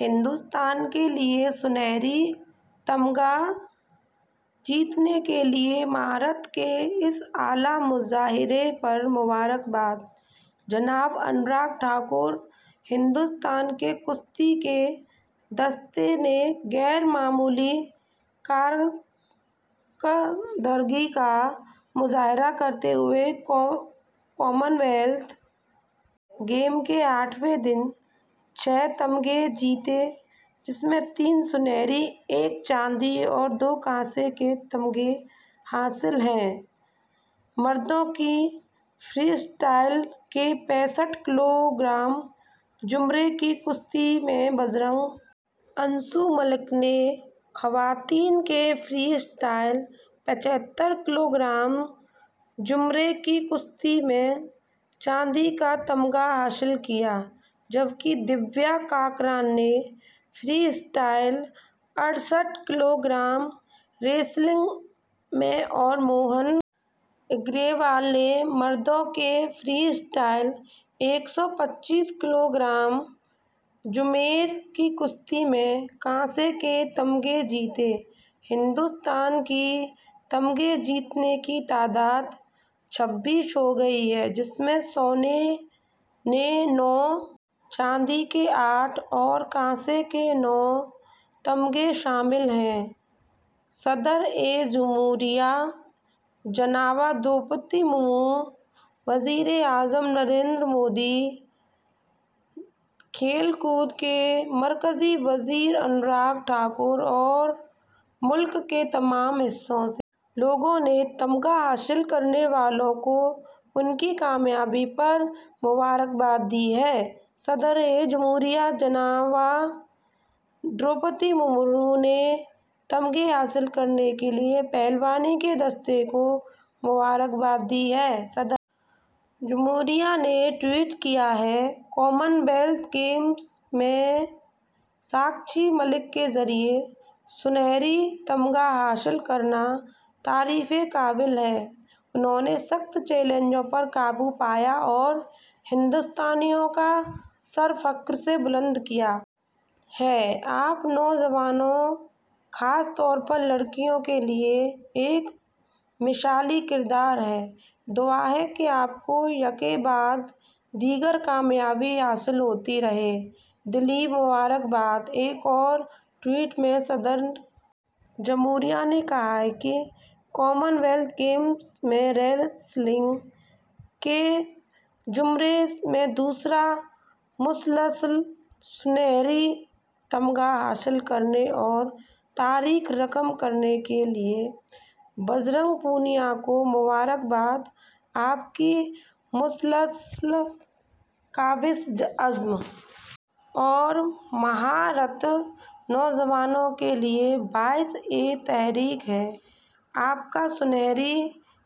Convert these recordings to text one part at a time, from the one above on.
ہندوستان کے لیے طلائی تمغہ جیتنے کے لیے مہارت کے اس اعلی مظاہرے پر مبارکباد جناب انوراگ ٹھاکر ہندوستان کے کشتی کے دستے نے غیر معمولی کارکردگی کا مظاہرہ کرتے ہوئے کامن ویلتھ گیم کے آٹھویں دن چھ تمغے جیتے جن میں تین طلائی ایک چاندی اور دو کانسے کے تمغے شامل ہیں مردوں کی فری اسٹائل کے پینسٹھ کلو گرام زمرے کی کشتی میں بجرنگ کیے انشو ملک نے خواتین کے فری اسٹائل پچھتر کلو گرام زمرے کی کشتی میں چاندی کا تمغہ حاصل کیا جبکہ دیویا کاکران نے فری اسٹائل اڑسٹھ کلو گرام ریسلنگ میں اور موہن گریوال نے مردوں کے فری اسٹائل ایک سو پچیس کلو گرام زمرے کی کشتی میں کانسے کے تمغے جیتے ہندوستان کی تمغے جیتنے کی تعداد چھبیس ہو گئی ہے جس میں سونے نو چاندی کے آٹھ اور کانسے کے نو تمغے شامل ہیں صدر جمہوریہ محترمہ دروپدی مرمو وزیر اعظم جناب نریندر مودی کھیل کود کے مرکزی وزیر انوراگ ٹھاکر اور ملک کے تمام حصوں سے لوگوں نے تمغہ حاصل کرنے والوں کو ان کی کامیابی پر مبارکباد دی ہے صدر جمہوریہ محترمہ دروپدی مرمو نے تمغے حاصل کرنے کے لیے پہلوانی کے دستے کو مبارکباد دی ہے صدر جمہوریہ نے ٹوئٹ کیا کامن ویلتھ گیمز میں ساکشی ملک کے ذریعے طلائی تمغہ حاصل کرنا تعریفی ہے انہوں نے سخت چیلنجوں پر قابو پایا اور ہندوستانیوں کا سر فخر سے بلند کیا ہے آپ ہمارے نوجوانوں خاص طور پر لڑکیوں کے لیے ایک مثالی کردار ہیں دعا ہے کہ آپ کو یکے بعد دیگرے کامیابی حاصل ہوتی رہے دلی مبارکباد ایک اور ٹوئٹ میں صدر جمہوریہ نے کہا کہ کامن ویلتھ گیمز میں ریسلنگ کے زمرے میں دوسرا مسلسل طلائی تمغہ حاصل کرنے اور تاریخ رقم کرنے کے لیے بجرنگ پونیا کو مبارکباد آپ کی مسلسل کاوش عزم اور مہارت نوجوانوں کے لیے باعث تحریک ہے آپ کا طلائی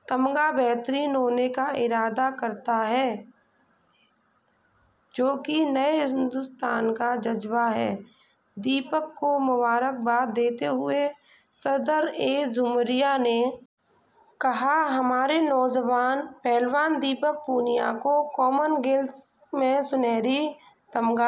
تمغہ بہترین ہونے کا اعادہ کرتا ہے جو کہ نئے ہندوستان کا جذبہ ہے دیپک کو مبارکباد دیتے ہوئے صدر جمہوریہ نے کہا ہمارے نوجوان پہلوان دیپک پونیا کو کامن ویلتھ گیمز میں طلائی تمغہ